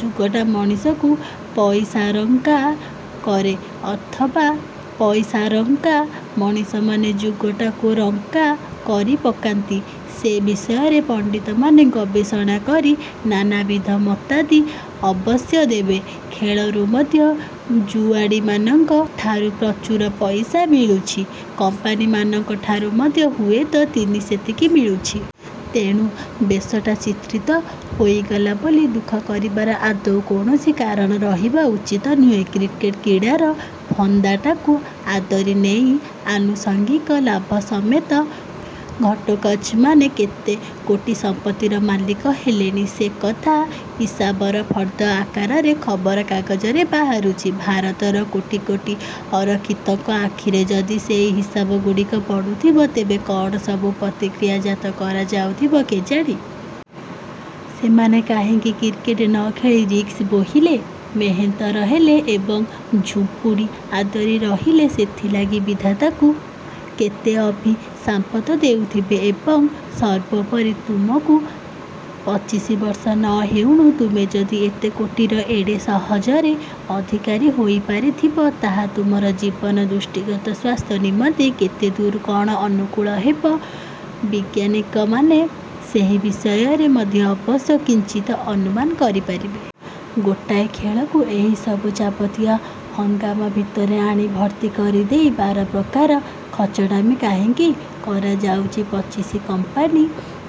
ଯୁଗଟା ମଣିଷଙ୍କୁ ପଇସାରଙ୍କା କରେ ଅଥବା ପଇସାରଙ୍କା ମଣିଷମାନେ ଯୁଗଟାକୁ ରଙ୍କା କରିପକାନ୍ତି, ସେ ବିଷୟରେ ପଣ୍ଡିତମାନେ ଗବେଷଣା କରି ନାନାବିଧ ମତାଦି ଅବଶ୍ୟ ଦେବେ। ଖେଳରୁ ମଧ୍ୟ ଜୁଆଡ଼ିମାନଙ୍କ ଠାରୁ ପ୍ରଚୁର ପଇସା ମିଳୁଛି, କମ୍ପାନୀମାନଙ୍କ ଠାରୁ ମଧ୍ୟ ହୁଏତ ତିନି ସେତିକି ମିଳୁଛି। ତେଣୁ ବେଶଟା ଚିତ୍ରିତ ହୋଇଗଲା ବୋଲି ଦୁଃଖ କରିବାର ଆଦୌ କୌଣସି କାରଣ ରହିବା ଉଚିତ ନୁହେଁ। କ୍ରିକେଟ କ୍ରୀଡ଼ାର ଫନ୍ଦାଟାକୁ ଆଦରି ନେଇ ଆନୁସଙ୍ଗିକ ଲାଭ ସମେତ ଘଟୋତ୍କଚମାନେ କେତେକୋଟି ସମ୍ପତ୍ତିର ମାଲିକ ହେଲେଣି, ସେକଥା ହିସାବର ଫର୍ଦ୍ଦ ଆକାରରେ ଖବରକାଗଜରେ ବାହାରୁଛି। ଭାରତର କୋଟି କୋଟି ଅରକ୍ଷିତଙ୍କ ଆଖିରେ ଯଦି ସେହି ହିସାବଗୁଡ଼ିକ ପଡୁଥିବ, ତେବେ କଣ ସବୁ ପ୍ରତିକ୍ରିୟା ଜାତ କରାଉଥିବ କେଜାଣି? ସେମାନେ କାହିଁକି କ୍ରିକେଟ ନ ଖେଳି ରିକ୍ସ ବୋହିଲେ, ମେହେନ୍ତର ହେଲେ ଏବଂ ଝୁମ୍ପୁଡ଼ି ଆଦରି ରହିଲେ, ସେଥିଲାଗି ବିଧାତାକୁ କେତେ ଅଭିଶାପତ ଦେଉଥିବେ। ଏବଂ ସର୍ବୋପରି ତୁମକୁ ପଚିଶି ବର୍ଷ ନ ହେଉଣୁ ତୁମେ ଯଦି ଏତେ କୋଟିର ଏଡ଼େ ସହଜରେ ଅଧିକାରୀ ହୋଇପାରିଥିବ, ତାହା ତୁମର ଜୀବନ ଦୃଷ୍ଟିଗତ ସ୍ୱାସ୍ଥ୍ୟ ନିମନ୍ତେ କେତେଦୂର କଣ ଅନୁକୂଳ ହେବ ବିଜ୍ଞାନୀମାନେ ସେହି ବିଷୟରେ ମଧ୍ୟ ଅବଶ୍ୟ କିଞ୍ଚିତ୍ ଅନୁମାନ କରିପାରିବେ। ଗୋଟାଏ ଖେଳକୁ ଏହିସବୁ ଯାବତୀୟ ହଙ୍ଗାମା ଭିତରେ ଆଣି ଭର୍ତ୍ତି କରିଦେଇ ବାରପ୍ରକାର ଖଚଡ଼ାମି କାହିଁକି କରାଯାଉଛି? ପଚିଶି କମ୍ପାନୀ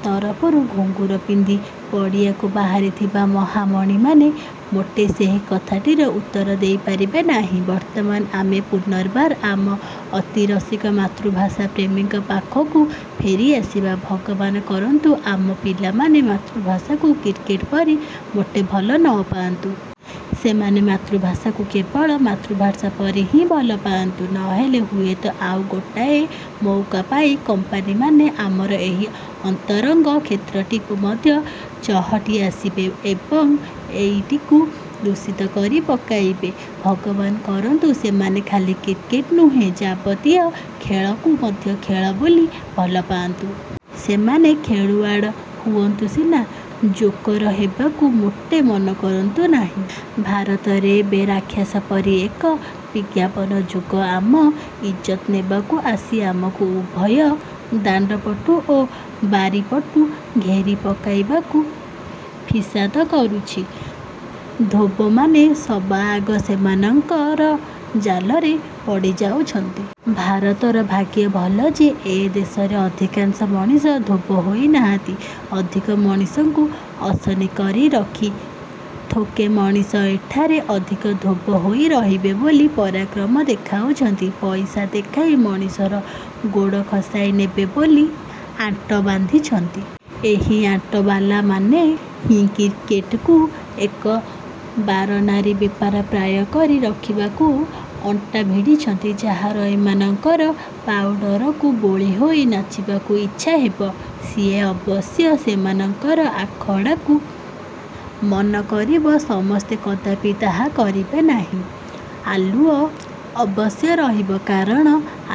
ତରଫରୁ ଘୁଙ୍ଗୁର ପିନ୍ଧି ପଡ଼ିଆକୁ ବାହାରିଥିବା ମହାମଣିମାନେ ମୋଟେ ସେହି କଥାଟିର ଉତ୍ତର ଦେଇପାରିବେ ନାହିଁ। ବର୍ତ୍ତମାନ ଆମେ ପୁନର୍ବାର ଆମ ଅତିରସିକ ମାତୃଭାଷାପ୍ରେମୀଙ୍କ ପାଖକୁ ଫେରିଆସିବା, ଭଗବାନ କରନ୍ତୁ ଆମ ପିଲାମାନେ ମାତୃଭାଷାକୁ କ୍ରିକେଟ ପରି ମୋଟେ ଭଲ ନପାଆନ୍ତୁ। ସେମାନେ ମାତୃଭାଷାକୁ କେବଳ ମାତୃଭାଷା ପରି ହିଁ ଭଲପାଆନ୍ତୁ, ନହେଲେ ହୁଏତ ଆଉ ଗୋଟାଏ ମଉକା ପାଇ କମ୍ପାନୀମାନେ ଆମର ଏହି ଅନ୍ତରଙ୍ଗ କ୍ଷେତ୍ରଟିକୁ ମଧ୍ୟ ଚହଟି ଆସିବେ ଏବଂ ଏଇଟିକୁ ଦୂଷିତ କରି ପକାଇବେ। ଭଗବାନ କରନ୍ତୁ ସେମାନେ ଖାଲି କ୍ରିକେଟ ନୁହେଁ ଯାବତୀୟ ଖେଳକୁ ମଧ୍ୟ ଖେଳ ବୋଲି ଭଲପାଆନ୍ତୁ। ସେମାନେ ଖେଳୁଆଡ଼ ହୁଅନ୍ତୁ ସିନା, ଜୋକର ହେବାକୁ ମୋଟେ ମନ କରନ୍ତୁ ନାହିଁ। ଭାରତରେ ଏବେ ରାକ୍ଷସ ପରି ଏକ ବିଜ୍ଞାପନ ଯୁଗ ଆମ ଇଜ୍ଜତ ନେବାକୁ ଆସି ଆମକୁ ଉଭୟ ଦାଣ୍ଡପଟୁ ଓ ବାରିପଟୁ ଘେରି ପକାଇବାକୁ ଫିସାଦ କରୁଛି। ଧୋବମାନେ ସବାଆଗ ସେମାନଙ୍କର ଜାଲରେ ପଡ଼ିଯାଉଛନ୍ତି। ଭାରତର ଭାଗ୍ୟ ଭଲ ଯେ, ଏ ଦେଶରେ ଅଧିକାଂଶ ମଣିଷ ଧୋବ ହୋଇନାହାନ୍ତି। ଅଧିକ ମଣିଷଙ୍କୁ ଅସନୀ କରି ରଖି ଥୋକେ ମଣିଷ ଏଠାରେ ଅଧିକ ଧୋବ ହୋଇ ରହିବେ ବୋଲି ପରାକ୍ରମ ଦେଖାଉଛନ୍ତି। ପଇସା ଦେଖାଇ ମଣିଷର ଗୋଡ଼ ଖସାଇ ନେବେ ବୋଲି ଆଣ୍ଟ ବାନ୍ଧିଛନ୍ତି। ଏହି ଆଣ୍ଟବାଲାମାନେ ହିଁ କ୍ରିକେଟକୁ ଏକ ବାରନାରୀ ବେପାର ପ୍ରାୟ କରି ରଖିବାକୁ ଅଣ୍ଟା ଭିଡ଼ିଛନ୍ତି। ଯାହାର ଏମାନଙ୍କର ପାଉଡ଼ରକୁ ବୋଳିହୋଇ ନାଚିବାକୁ ଇଚ୍ଛା ହେବ, ସିଏ ଅବଶ୍ୟ ସେମାନଙ୍କର ଆଖଡ଼ାକୁ ମନକରିବ। ସମସ୍ତେ କଦାପି ତାହା କରିବେ ନାହିଁ। ଆଲୁଅ ଅବଶ୍ୟ ରହିବ, କାରଣ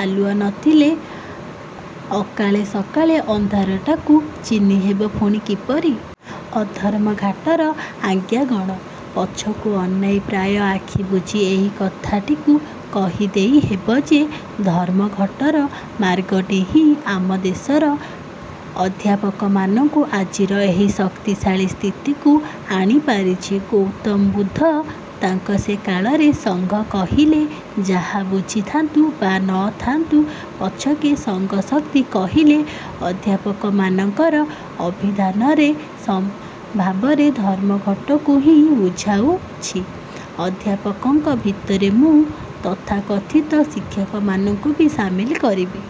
ଆଲୁଅ ନଥିଲେ ଅକାଳେ ସକାଳେ ଅନ୍ଧାରଟାକୁ ଚିହ୍ନିହେବ ପୁଣି କିପରି? ଅଧର୍ମଘାଟର ଆଜ୍ଞାଗଣ ପଛକୁ ଅନାଇ ପ୍ରାୟ ଆଖି ବୁଜି ଏହି କଥାଟିକୁ କହିଦେଇ ହେବ ଯେ, ଧର୍ମଘଟର ମାର୍ଗଟି ହିଁ ଆମ ଦେଶର ଅଧ୍ୟାପକମାନଙ୍କୁ ଆଜିର ଏହି ଶକ୍ତିଶାଳୀ ସ୍ଥିତିକୁ ଆଣିପାରିଛି। ଗୌତମ ବୁଦ୍ଧ ତାଙ୍କ ସେ କାଳରେ ସଂଘ କହିଲେ ଯାହା ବୁଝିଥାନ୍ତୁ ବା ନଥାନ୍ତୁ ପଛକେ, ସଂଘଶକ୍ତି କହିଲେ ଅଧ୍ୟାପକମାନଙ୍କର ଅଭିଧାନରେ ସମ୍ପୂର୍ଣ୍ଣ ଭାବରେ ଧର୍ମଘଟକୁ ହିଁ ବୁଝାଉଛି। ଅଧ୍ୟାପକଙ୍କ ଭିତରେ ମୁଁ ତଥାକଥିତ ଶିକ୍ଷକମାନଙ୍କୁ ବି ସାମିଲ କରିବି।